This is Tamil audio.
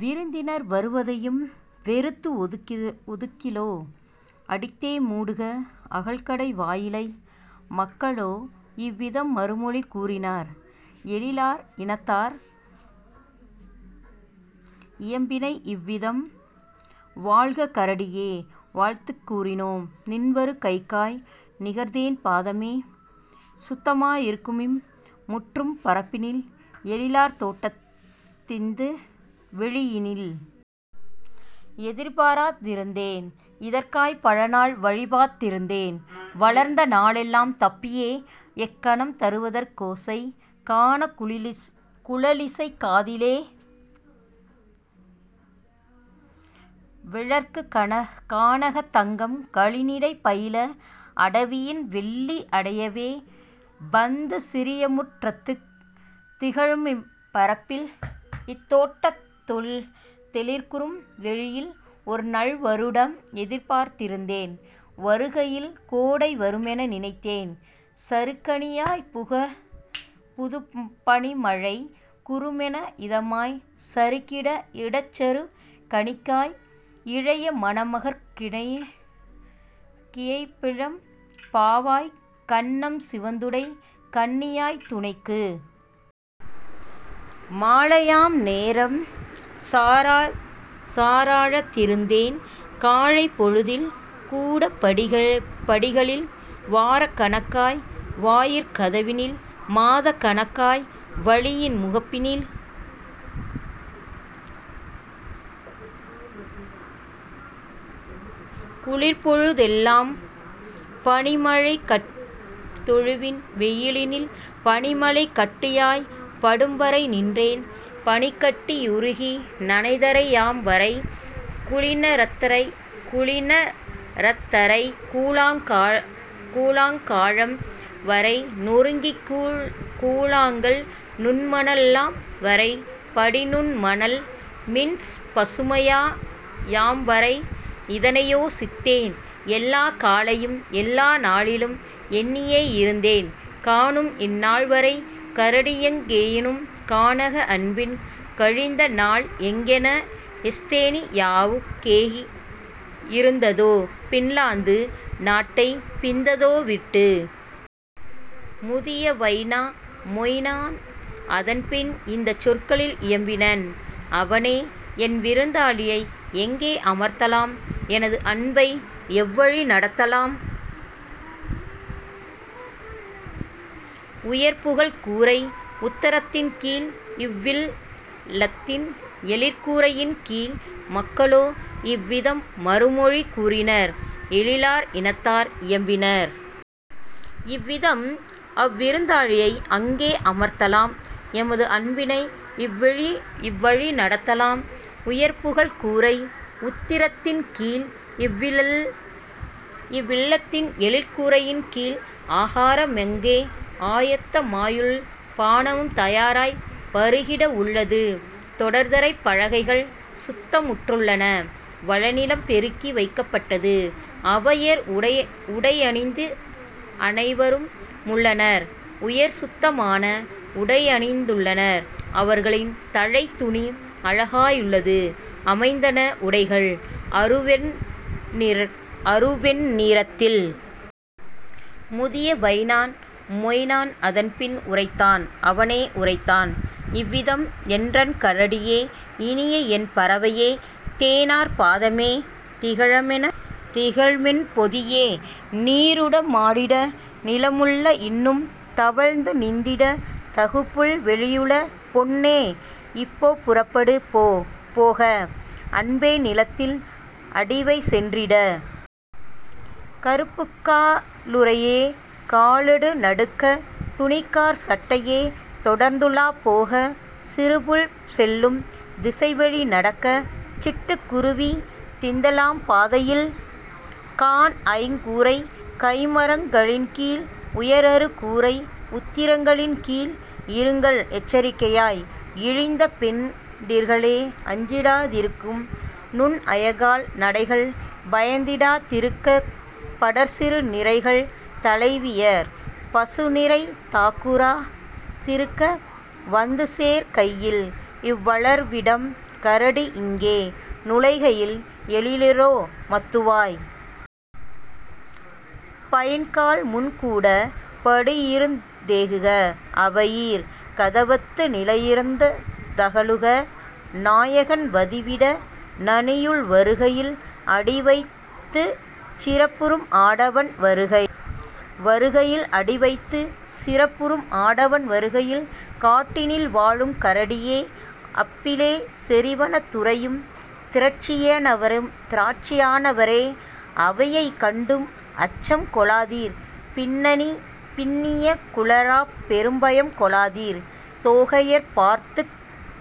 விருந்தினர் வரவதை வெறுத்து ஒதுக்கிலோ அடித்தே மூடுக அகல்கடை வாயிலை! " மக்களோ இவ்விதம் மறுமொழி கூறினர்। எழிலார் இனத்தார் இயம்பினர் இவ்விதம்: "வாழ்க கரடியே, வாழ்த்துக் கூறினோம்! நின்வரு கைக்காய், நிகர்தேன் பாதமே! சுத்தமா யிருக்குமிம் முற்றப் பரப்பினில் எழிலார் தோட்டத் திந்த வெளியினில்! எதிர்பார்த் திருந்தேன் இதற்காய்ப் பலநாள் வழிபார்த் திருந்தேன் வளர்ந்த நாளெலாம் தப்பியோ எக்களம் தருவதற் கோசை கானக் குழலிசைக் காதிலே விழற்கு கானகத் தங்கம் களிநடை பயில அடவியின் வெள்ளி அடையவே வந்து சிறியமுற் றத்துத் திகழுமிப் பரப்பில் இந்தத் தோட்டத் தெழிற்குறும் வெளியில். ஒருநல் வருடம் எதிர்ப்பார்த் திருந்தேன் வருகையில் கோடை வருமென நினைத்தேன் சறுக்கணி யாய்ப்புதுப் பனிமழைக் குறுமென இதமாய்ச் சறுக்கிட இடச்சறுக் கணியாய் இளைய மணமகற் கியையிளம் பாவையாய் கன்னம் சிவந்துடைக் கன்னியாய்த் துணைக்கு. மாலையாம் நேரம் சாரளத் திருந்தேன் காலைப் பொழுதில் கூடப் படிகளில் வாரக் கணக்காய் வாயிற் கதவினில் மாதக் கணக்காய் வழியின் முகப்பினில் குளிர்ப்பொழு தெல்லாம் தொழுவின் வெளியினில்; பனிமழை கட்டியாய்ப் படும்வரை நின்றேன் பனிக்கட்டி யுருகி நனைதரை யாம்வரை குளிண ரத்தரை கூழாங் கலாம் வரை நொருங்கிக்கூ ழாங்கல் நுண்மண லாம்வரை படிநுண் மணல்பின் பசுமையா யாம்வரை; இதனையோ சித்தேன் எல்லாக் காலையும் எல்லா நாளிலும் எண்ணியே இருந்தேன் காணும்இந் நாள்வரை கரடியெங் கேயென கானக அன்பின் கழிந்தநாள் எங்கென எஸ்தோனி யாவுக் கேகி யிருந்ததோ பின்லாந்து நாட்டை பிந்ததோ விட்டு! " முதிய வைனா மொயினன் அதன்பின் இந்தச் சொற்களில் இயம்பினன் அவனே: "என்விருந் தாளியை எங்கே அமர்த்தலாம் எனது அன்பை எவ்வழி நடத்தலாம் உயர்புகழ்க் கூரை உத்தரத் தின்கீழ் இவ்வில் லத்தின் எழிற்கூ ரையின்கீழ்? " மக்களோ இவ்விதம் மறுமொழி கூறினர் எழிலார் இனத்தார் இயம்பினர் இவ்விதம்: "அவ்விருந் தாளியை அங்கே அமர்த்தலாம் எமது அன்பினை இவ்வழி நடத்தலாம் உயர்புகழ்ப் கூரை உத்தரத் தின்கீழ் இவ்வில் லத்தின் எழிற்கூ ரையின்கீழ்; ஆகார மங்கே ஆயத்த மாயுள பானமும் தயாராய்ப் பருகிட உள்ளது தொடர்தரைப் பலகைகள் சுத்தமுற் றுள்ளன வளநிலம் பெருக்கி வைக்கப் பட்டது, அவையர் உடையணிந் தனைவரு முள்ளனர் உயர்சுத்த மான உடையணிந் துள்ளனர், அவர்களின் தலைத்துணி அழகா யுள்ளது அமைந்தன உடைகள் அருவெண் ணிறத்தில். " முதிய வைனா மொயினன் அதன்பின் உரைத்தான் அவனே உரைத்தான் இவ்விதம்: "என்றன் கரடியே, இனியஎன் பறவையே! தேனார் பாதமே, திகழுமென் பொதியே! நீநட மாடிட நிலமுள இன்னும் தவழ்ந்து திந்திட தகுபுல் வெளியுள. பொன்னே, இப்போ புறப்படு போக! அன்பே, நிலத்தில் அடிவை சென்றிட! கறுப்புக்கா லுறையே, காலெடு நடக்க! துணிக்காற் சட்டையே, தொடர்ந்துலாப் போக! சிறுபுள் செல்லும் திசைவழி நடக்க! சிட்டுக் குருவி திந்துலாம் பாதையில், காண்ஐங் கூரைக் கைமரங் களின்கீழ், உயர்அறு கூரை உத்திரங் களின்கீழ். இருங்கள்எச் சாக்கையாய் இழிந்தபெண் டிர்களே அஞ்சிடா திருக்கநும் அயகால் நடைகள் பயந்திடா திருக்கப் படர்சிறு நிரைகள் தலைவியர் பசுநிரை தாக்குறா திருக்க வந்துசேர் கையில்இவ் வளர்விடம் கரடி இங்கே நுழைகையில் எழிலுரோ மத்துவாய். பையன்காள், முன்கூடப் படியிருந் தேகுக! அவையீர், கதவத்து நிலையிருந் தகலுக! நாயகன் வதிவிட நனியுள் வருகையில் அடிவைத்துச் சிறப்புறும் ஆடவன் வருகையில்! காட்டினில் வாழும் கரடியே, அப்பிளே! செறிவனத் துறையும் திரட்சியா னவரே! அவையைக் கண்டும் அச்சம் கொளாதீர் பின்னிய குழலார்ப் பெரும்பயம் கொளாதீர் தோகையர்ப் பார்த்துத்